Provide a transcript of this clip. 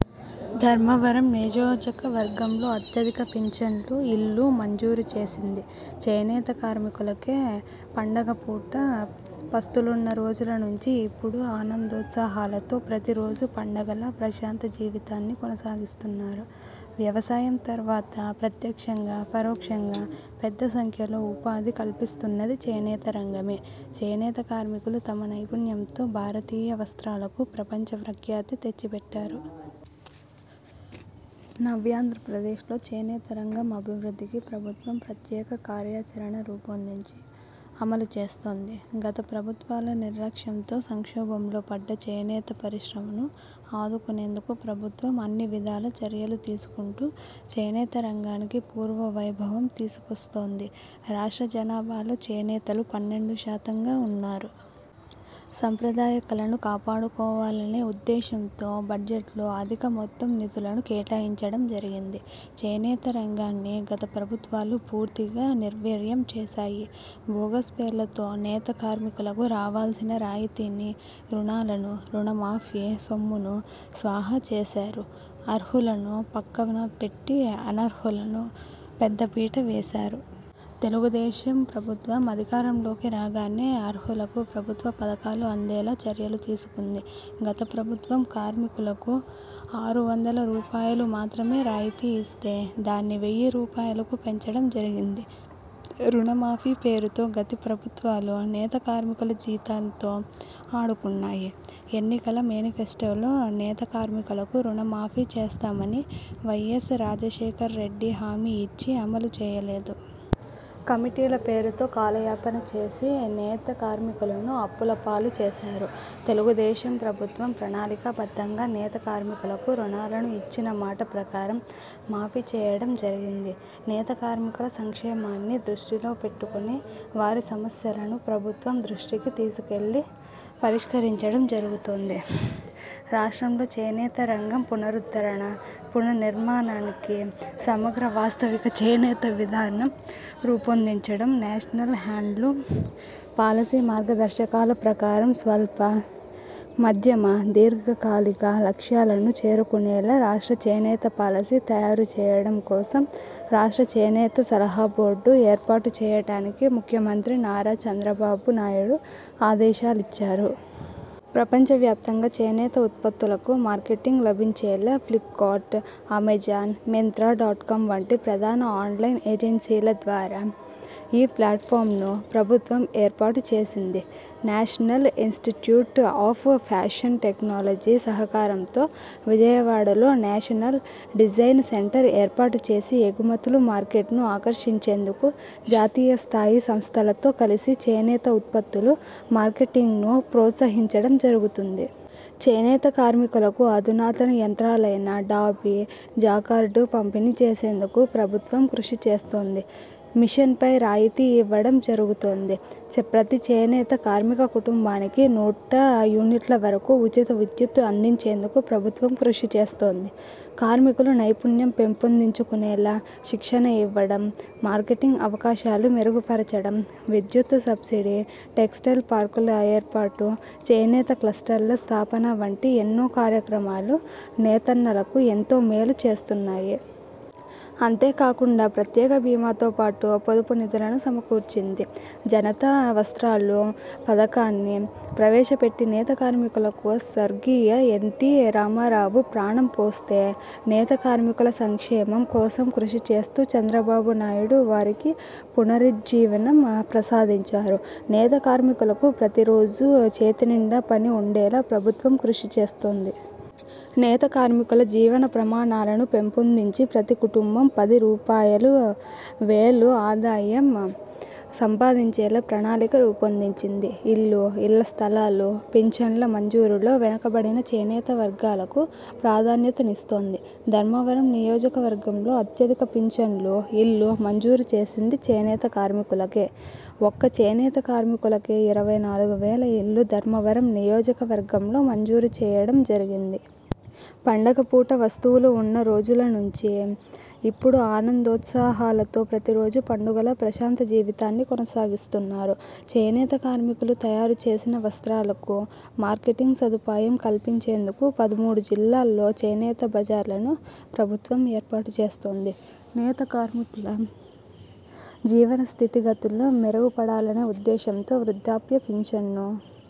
ధర్మవరం నియోజక వర్గంలో అత్యధిక పింఛన్లు, ఇళ్లు మంజూరు చేసింది చేనేత కార్మికులకే. పండగపూట పస్తులున్న రోజుల నుంచి ఇప్పుడు ఆనందోత్సాహాలతో ప్రతిరోజూ పండుగలా ప్రశాంత జీవనాన్ని కొనసాగిస్తున్నారు. వ్యవసాయం తరువాత ప్రత్యక్షంగా, పరోక్షంగా పెద్ద సంఖ్యలో ఉపాధి కల్పిస్తున్నది చేనేత రంగమే. చేనేత కార్మికులు తమ నైపుణ్యంతో భారతీయ వస్త్రాలకు ప్రపంచ ప్రఖ్యాతి తెచ్చిపెట్టారు. నవ్యాంధ్రప్రదేశ్లో చేనేత రంగం అభివృద్ధికి ప్రభుత్వం ప్రత్యేక కార్యాచరణ రూపొందించి అమలు చేస్తుంది. గత ప్రభుత్వాల నిర్లక్ష్యంతో సంక్షోభంలో పడ్డ చేనేత పరిశ్రమను ఆదుకునేందుకు ప్రభుత్వం అన్నివిధాలా చర్యలు తీసుకుంటూ చేనేత రంగానికి పూర్వ వైభవం తీసుకొస్తోంది. రాష్ట్ర జనాభాలో చేనేతలు పన్నెండు శాతంగా ఉన్నారు. సాంప్రదాయ కళను కాపాడుకోవాలలే ఉద్దేశంతో బడ్జెట్లో అధిక మొత్తం నిధులను కేటాయించడం జరిగింది. చేనేత రంగాన్ని గత ప్రభుత్వాలు పూర్తిగా నిర్వీర్యం చేశాయి. బోగస్ పేర్లతో నేత కార్మికులకు రావాల్సిన రాయితీని, రుణాలను, రుణమాఫీ సొమ్మును స్వాహా చేశారు. అర్హులను పక్కన పెట్టి అనర్హులకు పెద్దపీట వేశారు. తెలుగుదేశం ప్రభుత్వం అధికారంలోకి రాగానే అర్హులకు ప్రభుత్వ పథకాలు అందేలా చర్యలు తీసుకుంది. గత ప్రభుత్వం కార్మికులకు ఆరు వందల రూపాయలుమాత్రమే రాయితీ ఇస్తే దాన్ని వెయ్యి రూపాయలకు పెంచడం జరిగింది. రుణమాఫీ పేరుతో గతి ప్రభుత్వాలు నేత కార్మికుల జీవితాలతో ఆడుకున్నాయి. ఎన్నికల మేనిఫెస్టోలో నేత కార్మికులకు రుణమాఫీ చేస్తామని వైయస్ రాజశేఖర్ రెడ్డి హామీ ఇచ్చి అమలు చేయలేదు. కమిటీల పేరుతో కాలయాపన చేసి నేత కార్మికులను అప్పులపాలు చేశారు. తెలుగుదేశం ప్రభుత్వం ప్రణాళికాబద్ధంగా నేత కార్మికులకు రుణాలను ఇచ్చిన మాట ప్రకారం మాఫీ చేయడం జరిగింది. నేత కార్మికుల సంక్షేమాన్ని దృష్టిలో పెట్టుకొని వారి సమస్యలను ప్రభుత్వం దృష్టికి తీసుకెళ్లి పరిష్కరించడం జరుగుతుంది. రాష్ట్రంలో చేనేత రంగం పునరుద్ధరణ, పునర్నిర్మాణానికి సమగ్ర వాస్తవిక చేనేత విధానం రూపొందించడం, నేషనల్ హ్యాండ్లూమ్ పాలసీ మార్గదర్శకాల ప్రకారం స్వల్ప, మధ్యమ, దీర్ఘకాలిక లక్ష్యాలను చేరుకునేలా రాష్ట్ర చేనేత పాలసీ తయారుచేయడం కోసం 'రాష్ట్ర చేనేత సలహా బోర్డు' ఏర్పాటు చేయడానికి ముఖ్యమంత్రి నారా చంద్రబాబు నాయుడు ఆదేశాలిచ్చారు. ప్రపంచ వ్యాప్తంగా చేనేత ఉత్పత్తులకు మార్కెటింగ్ లభించేలా ఫ్లిప్కార్ట్, అమెజాన్, మింత్రా డాట్కామ్ వంటి ప్రధాన ఆన్లైన్ ఏజెన్సీల ద్వారా ఈ ఫ్లాట్ఫామ్ను ప్రభుత్వం ఏర్పాటు చేసింది. National institute of fashion technology సహకారంతో విజయవాడలో నేషనల్ డిజైన్ సెంటర్ ఏర్పాటు చేసి ఎగుమతులు మార్కెట్ను ఆకర్షించేందుకు జాతీయ స్థాయి సంస్థలతో కలిసి చేనేత ఉత్పత్తులు మార్కెటింగ్ను ప్రోత్సహించడం జరుగుతుంది. చేనేత కార్మికులకు అధునాతన యంత్రాలైన డాబీ, జాకార్డు పంపిణీ చేసేందుకు ప్రభుత్వం కృషిచేస్తోంది. మిషన్పై రాయితీ ఇవ్వడం జరుగుతుంది. చే ప్రతి చేనేత కార్మిక కుటుంబానికి నూట యూనిట్ల వరకు ఉచిత విద్యుత్ అందించేందుకు ప్రభుత్వం కృషిచేస్తోంది. కార్మికులు నైపుణ్యం పెంపొందించుకునేలా శిక్షణ ఇవ్వడం, మార్కెటింగ్ అవకాశాలు మెరుగుపరచడం, విద్యుత్ సబ్సిడీ, టెక్స్టైల్ పార్కుల ఏర్పాటు, చేనేత క్లస్టర్ల స్థాపన వంటి ఎన్నో కార్యక్రమాలు నేతన్నలకు ఎంతో మేలు చేస్తున్నాయి. అంతేకాకుండా ప్రత్యేక బీమాతో పాటు పొదుపు నిధులను సమకూర్చింది. జనతా వస్త్రాలు పథకాన్ని ప్రవేశపెట్టి నేత కార్మికులకు స్వర్గీయ ఎన్టీ రామారావు ప్రాణం పోస్తే, నేత కార్మికుల సంక్షేమం కోసం కృషి చేస్తూ చంద్రబాబునాయుడు వారికి పునర్జీవనం ఆ ప్రసాదించారు. నేత కార్మికులకు ప్రతిరోజు చేతినిండా పని ఉండేలా ప్రభుత్వం కృషి చేస్తోంది. నేత కార్మికుల జీవన ప్రమాణాలను పెంపొందించి ప్రతి కుటుంబం పది రూపాయలువేలు ఆదాయం సంపాదించేలా ప్రణాళిక రూపొందించింది. ఇల్లు, ఇళ్ల స్థలాలు, పింఛన్ల మంజూరులో వెనుకబడిన చేనేత వర్గాలకు ప్రాధాన్యతనిస్తోంది. ధర్మవరం నియోజకవర్గంలో అత్యధిక పింఛన్లు, ఇళ్లు మంజూరు చేసింది చేనేత కార్మికులకే. ఒక్క చేనేత కార్మికులకే ఇరవై నాలుగువేల ఇళ్లు ధర్మవరం నియోజకవర్గంలో మంజూరు చేయడం జరిగింది. పండగపూట పస్తులు ఉన్న రోజుల నుంచి ఇప్పుడు ఆనందోత్సాహాలతో ప్రతిరోజూ పండుగలా ప్రశాంత జీవనాన్ని కొనసాగిస్తున్నారు. చేనేత కార్మికులు తయారుచేసిన వస్త్రాలకు మార్కెటింగ్ సదుపాయం కల్పించేందుకు పదమూడు జిల్లాల్లో చేనేత బజార్లను ప్రభుత్వం ఏర్పాటు చేస్తోంది. నేత కార్మికుల జీవన స్థితిగతులు మెరుగుపడాలనే ఉద్దేశ్యంతో వృద్ధాప్య పింఛన్ను